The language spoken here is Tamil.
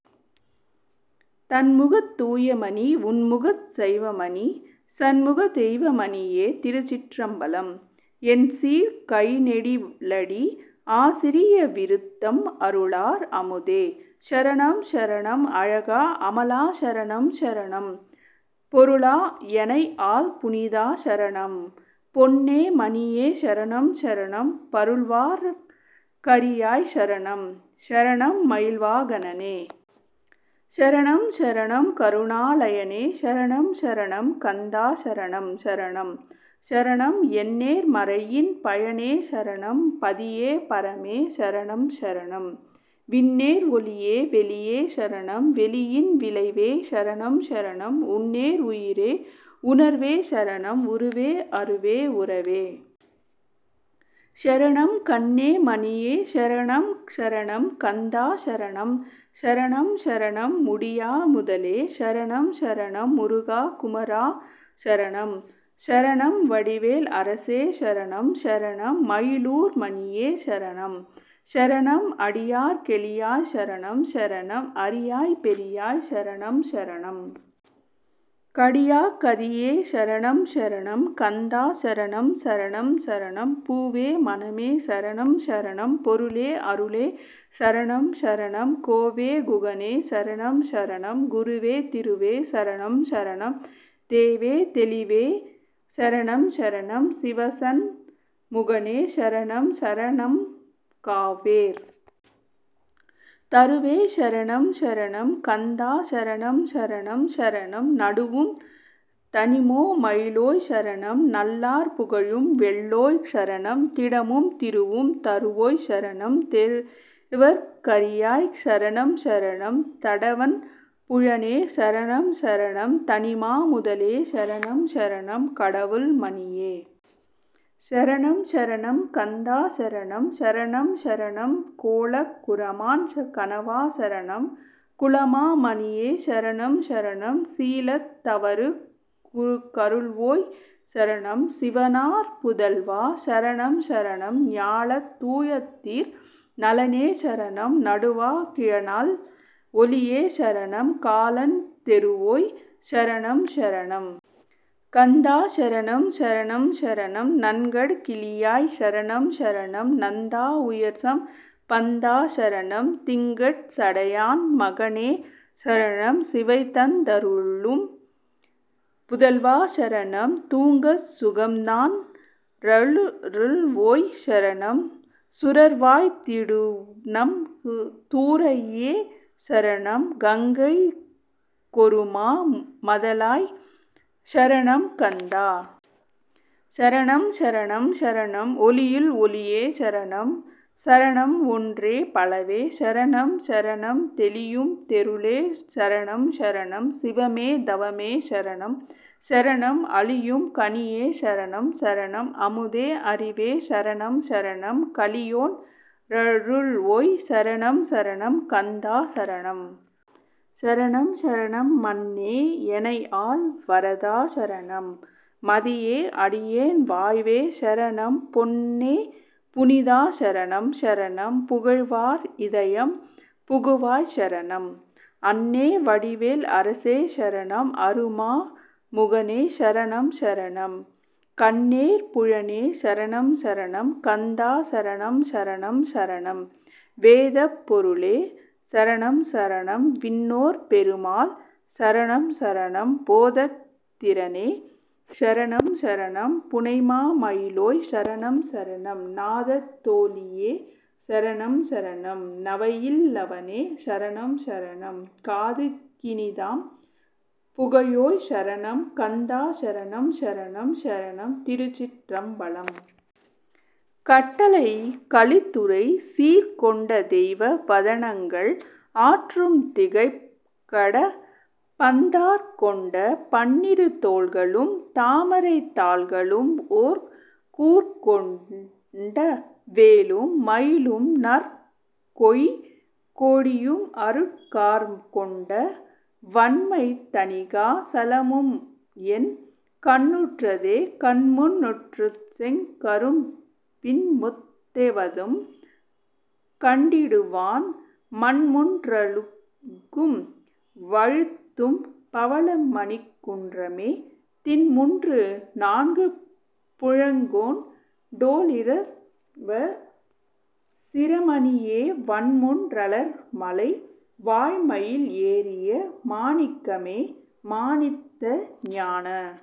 தண்முகத் துய்யமணி உண்முகச் சைவமணி சண்முகத் தெய்வமணியே. திருச்சிற்றம்பலம். எண்சீர்க் கழிநெடிலடி ஆசிரிய விருத்தம் அருளார் அமுதே சரணம் சரணம் அழகா அமலா சரணம் சரணம் பொருளா எனைஆள் புனிதா சரணம் பொன்னே மணியே சரணம் சரணம் மருள்வார்க் கரியாய் சரணம் சரணம் மயில்வா கனனே சரணம் சரணம் கருணா லயனே சரணம் சரணம் கந்தா சரணம் சரணம் சரணம் எண்ணேர் மறையின் பயனே சரணம் பதியே பரமே சரணம் சரணம் விண்ணேர் ஒளியே வெளியே சரணம் வெளியின் விளைவே சரணம் சரணம் உண்ணேர் உயிரே உணர்வே சரணம் உருவே அருவே உறவே சரணம் கண்ணே மணியே சரணம் சரணம் கந்தா சரணம் சரணம் சரணம் முடியா முதலே சரணம் சரணம் முருகா குமரா சரணம் சரணம் வடிவேல் அரசே சரணம் சரணம் மயிலூர் மணியே சரணம் சரணம் அடியார்க் கெளியாய் சரணம் சரணம் அரியாய் பெரியாய் சரணம் சரணம் கடியாக் கதியே சரணம் சரணம் கந்தா சரணம் சரணம் சரணம் பூவே மணமே சரணம் சரணம் பொருளே அருளே சரணம் சரணம் கோவே குகனே சரணம் சரணம் குருவே திருவே சரணம் சரணம் தேவே தெளிவே சரணம் சரணம் சிவசண் முகனே சரணம் சரணம் காவேர் தருவே சரணம் சரணம் கந்தா சரணம் சரணம் சரணம் நடவும் தனிமா மயிலோய் சரணம் நல்லார் புகழும் வல்லோய் சரணம் திடமும் திருவும் தருவோய் சரணம் தேவர்க் கரியாய் சரணம் சரணம் தடவண் புயனே சரணம் சரணம் தனிமா முதலே சரணம் சரணம் கடவுள் மணியே சரணம் சரணம் கந்தா சரணம் சரணம் சரணம் கோலக் குறமான் கணவா சரணம் குலமா மணியே சரணம் சரணம் சீலத் தவருக் கருள்வோய்சரணம் சிவனார் புதல்வா சரணம் சரணம் ஞாலத் துயர்தீர் நலனே சரணம் நடுவா கியநல் ஒளியே சரணம் காலன் தெறுவோய் சரணம் சரணம் கந்தா சரணம் சரணம் சரணம் நங்கட் கிளியாய் சரணம் சரணம் நந்தா உயர்சம் பந்தா சரணம் திங்கட் சடையான் மகனே சரணம் சிவைதந் தருளும் புதல்வா சரணம் துங்கச் சுகம்நன் றருள்வோய் சரணம் சுரர்வாழ்த் திடுநம் துரையே சரணம் கங்கைக் கொருமா மதலாய் சரணம் கந்தா சரணம் சரணம் சரணம் ஒளியுள் ஒளியே சரணம் சரணம் ஒன்றே பலவே சரணம் சரணம் தெளியும் தெருளே சரணம் சரணம் சிவமே தவமே சரணம் சரணம் அளியும் கனியே சரணம் சரணம் அமுதே அறிவே சரணம் சரணம் களியொன் றருள்வோய் சரணம் சரணம் கந்தா சரணம் சரணம் சரணம் மன்னே எனைஆள் வரதா சரணம் மதியே அடியேன் வாழ்வே சரணம் பொன்னே புனிதா சரணம் சரணம் புகழ்வார் இதயம் புகுவாய் சரணம் அன்னே வடிவேல் அரசே சரணம் அறுமா முகனே சரணம் சரணம் கன்னேர் புயனே சரணம் சரணம் கந்தா சரணம் சரணம் சரணம் வேதப் பொருளே சரணம் சரணம் விண்ணோர் பெருமாள் சரணம் சரணம் போதத் திறனே சரணம் சரணம் புனைமா மயிலோய் சரணம் சரணம் நாதத் தொலியே சரணம் சரணம் நவைஇல் லவனே சரணம் சரணம் காதுக் கினிதாம் புகழோய் சரணம் கந்தா சரணம் சரணம் சரணம் திருச்சிற்றம்பலம். கட்டளைக் கலித்துறை சீர்கொண்ட தெய்வ வதனங்கள் ஆறும் திகழ்கடப்பந் தார்கொண்ட பன்னிரு தோள்களும் தாமரைத் தாள்களும்ஓர் கூர்கொண்ட வேலும் மயிலும்நற் கோழிக் கொடியும்அருட் கார்கொண்ட வண்மைத் தணிகா சலமும்என் கண்ணுற்றதே கண்முன் றுறுசெங் கரும்பின்முத் தேபதம் கண்டிடுவான் மண்முன் றுலகும் வழுத்தும் பவள மணிக்குன்றமே திண்முன்று நான்கு புயங்கொண் டொளிர்வச் சிரமணியே வண்முன் றலர்மலை வாழ்மயில் ஏறிய மாணிக்கமே. மாணித்த ஞான